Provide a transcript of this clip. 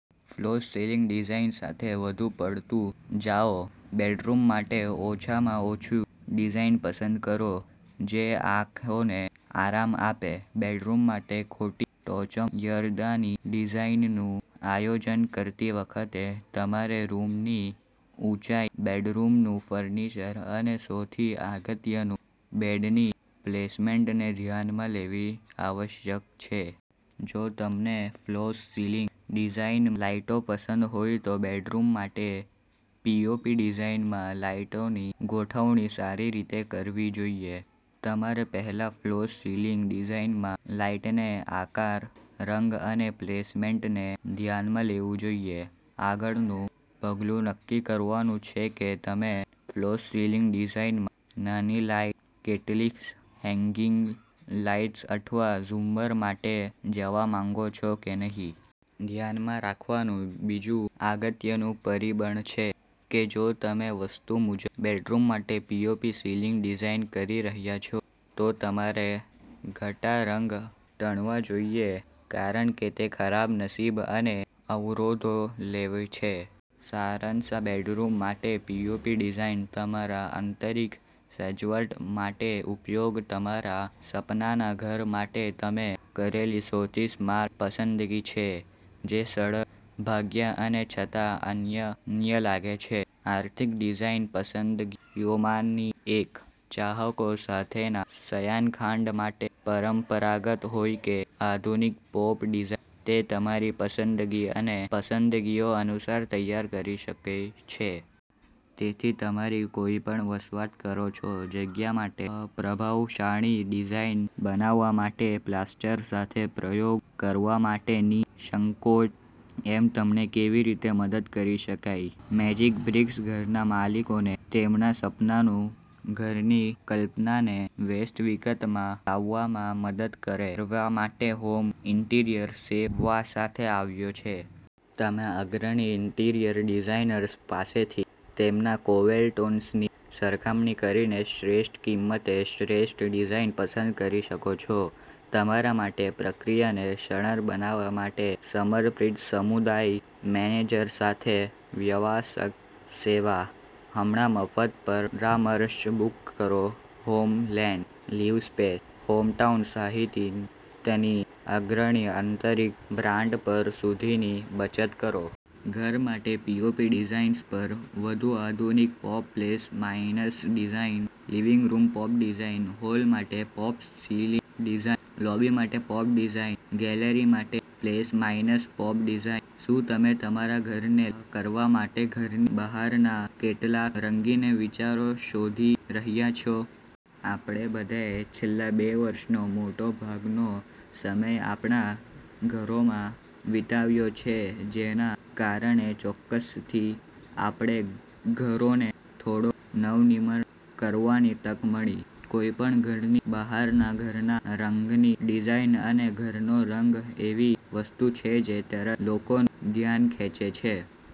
False ceiling design સાથે વધુ પડતું જાઓ. બેડરૂમ માટે ઓછામાં ઓછી ડિઝાઇન પસંદ કરો જે આંખોને આરામ આપે. બેડરૂમ માટે ખોટી ટોચમર્યાદાની ડિઝાઇનનું આયોજન કરતી વખતે તમારે રૂમની ઊંચાઈ, બેડરૂમનું ફર્નિચર અને સૌથી અગત્યનું, બેડની પ્લેસમેન્ટને ધ્યાનમાં લેવી આવશ્યક છે. જો તમને ફોલ્સ સિલિંગ ડિઝાઈનમાં લાઈટો પસંદ હોય તો બેડરૂમ માટે પીઓપી ડિઝાઈનમાં લાઈટોની ગોઠવણી સારી રીતે કરવી જોઈએ. તમારે પહેલા ફોલ્સ સિલિંગ ડિઝાઇનમાં લાઇટના આકાર, રંગ અને પ્લેસમેન્ટને ધ્યાનમાં લેવું જોઈએ. આગળનું પગલું નક્કી કરવાનું છે કે તમે ફોલ્સ સિલિંગ ડિઝાઇનમાં નાની લાઇટ્સ, કેટલીક હેંગિંગ લાઇટ્સ અથવા ઝુમ્મર માટે જવા માંગો છો કે નહીં. ધ્યાનમાં રાખવાનું બીજું આગત્યનું પરિબળછે કે જો તમે વસ્તુ મુજબ બેડરૂમ માટે પીઓપી સીલિંગ ડિઝાઇન કરી રહ્યા છો, તો તમારે ઘાટા રંગો ટાળવા જોઈએ કારણ કે તે ખરાબ નસીબ અને અવરોધો લોવે છે. સારાંશ બેડરૂમ માટે પીઓપી ડિઝાઇન તમારા આંતરિક સજવટ માટે ઉપયોગ તમારા સપનાના ઘર માટે તમે કરેલી સૌથી સ્માર્ટ પસંદગી છે. તે સરળ, ભવ્ય અને છતાં અન્ય લાગે છે. આર્થિક ડિઝાઇન પસંદગીઓમાંની એક. ચાહકો સાથેના શયનખંડ માટે પરંપરાગત હોય કે આધુનિક પૉપ ડિઝાઇન, તે તમારી પસંદગી અને પસંદગીઓ અનુસાર તૈયાર કરી શકૈ છે. તેથી તમારી કોઈપણ વસવાટ કરો છો જગ્યા માટે પ્રભાવશાળી ડિઝાઇન બનાવવા માટે પ્લાસ્ટર સાથે પ્રયોગ કરવા માટે નિઃસંકોચ. અમે તમને કેવી રીતે મદદ કરી શકીએ? મેજિક બ્રિક્સ ઘરના માલિકોને તેમના સપનાના ઘરની કલ્પનાને વાસ્તવિકતામાં લાવવામાં મદદ કરવા માટે હોમ ઇન્ટિરિયર સેવા સાથે આવ્યા છે. તમે અગ્રણી ઇન્ટિરિયર ડિઝાઇનર્સ પાસેથી તેમના કેવોટૉન્સની સરખામણી કરીને શ્રેષ્ઠ કિંમતે શ્રેષ્ઠ ડિઝાઇન પસંદ કરી શકો છો. તમારા માટે પ્રક્રિયાને સરળ બનાવવા માટે સમર્પિત સમુદાય મેનેજર સાથે વ્યવાસક સેવા. હમણાં મફત પરામર્શ બુક કરો હોમલેન, લિવસ્પેસ, હોમટાઉન સહિતની અગ્રણી આંતરિક બ્રાન્ડ પર સુધીની બચત કરો. ઘર માટે પીઓપી ડિઝાઇન્સ પર વધુ આધુનિક POP plus minus design, living room POP design, hall માટે પોપ સીલિંગ ડિઝાઇન, લોબી માટે પોપ ડિઝાઇન, ગેલેરી માટે પ્લસ માઇનસ પૉપ ડિઝાઇન. શું તમે તમારા ઘરને લેવલ કરવા માટે ઘરની બહારના કેટલાક રંગીન વિચારો શોધી રહ્યાં છો? આપણે બધેએ છેલ્લાં બે વર્ષનો મોટા ભાગનો સમય આપણા ઘરોમાં વિતાવ્યો છે જેના કારણે ચોક્કસથી આપણે ઘરોને થોડો નવનિર્માણ કરવાની તક મળી. કોઈપણ ઘરની બહારના ઘરના રંગની ડિઝાઇન અને ઘરનો રંગ એવી વસ્તુ છે જે તરત લોકોનું ધ્યાન ખેંચે છે.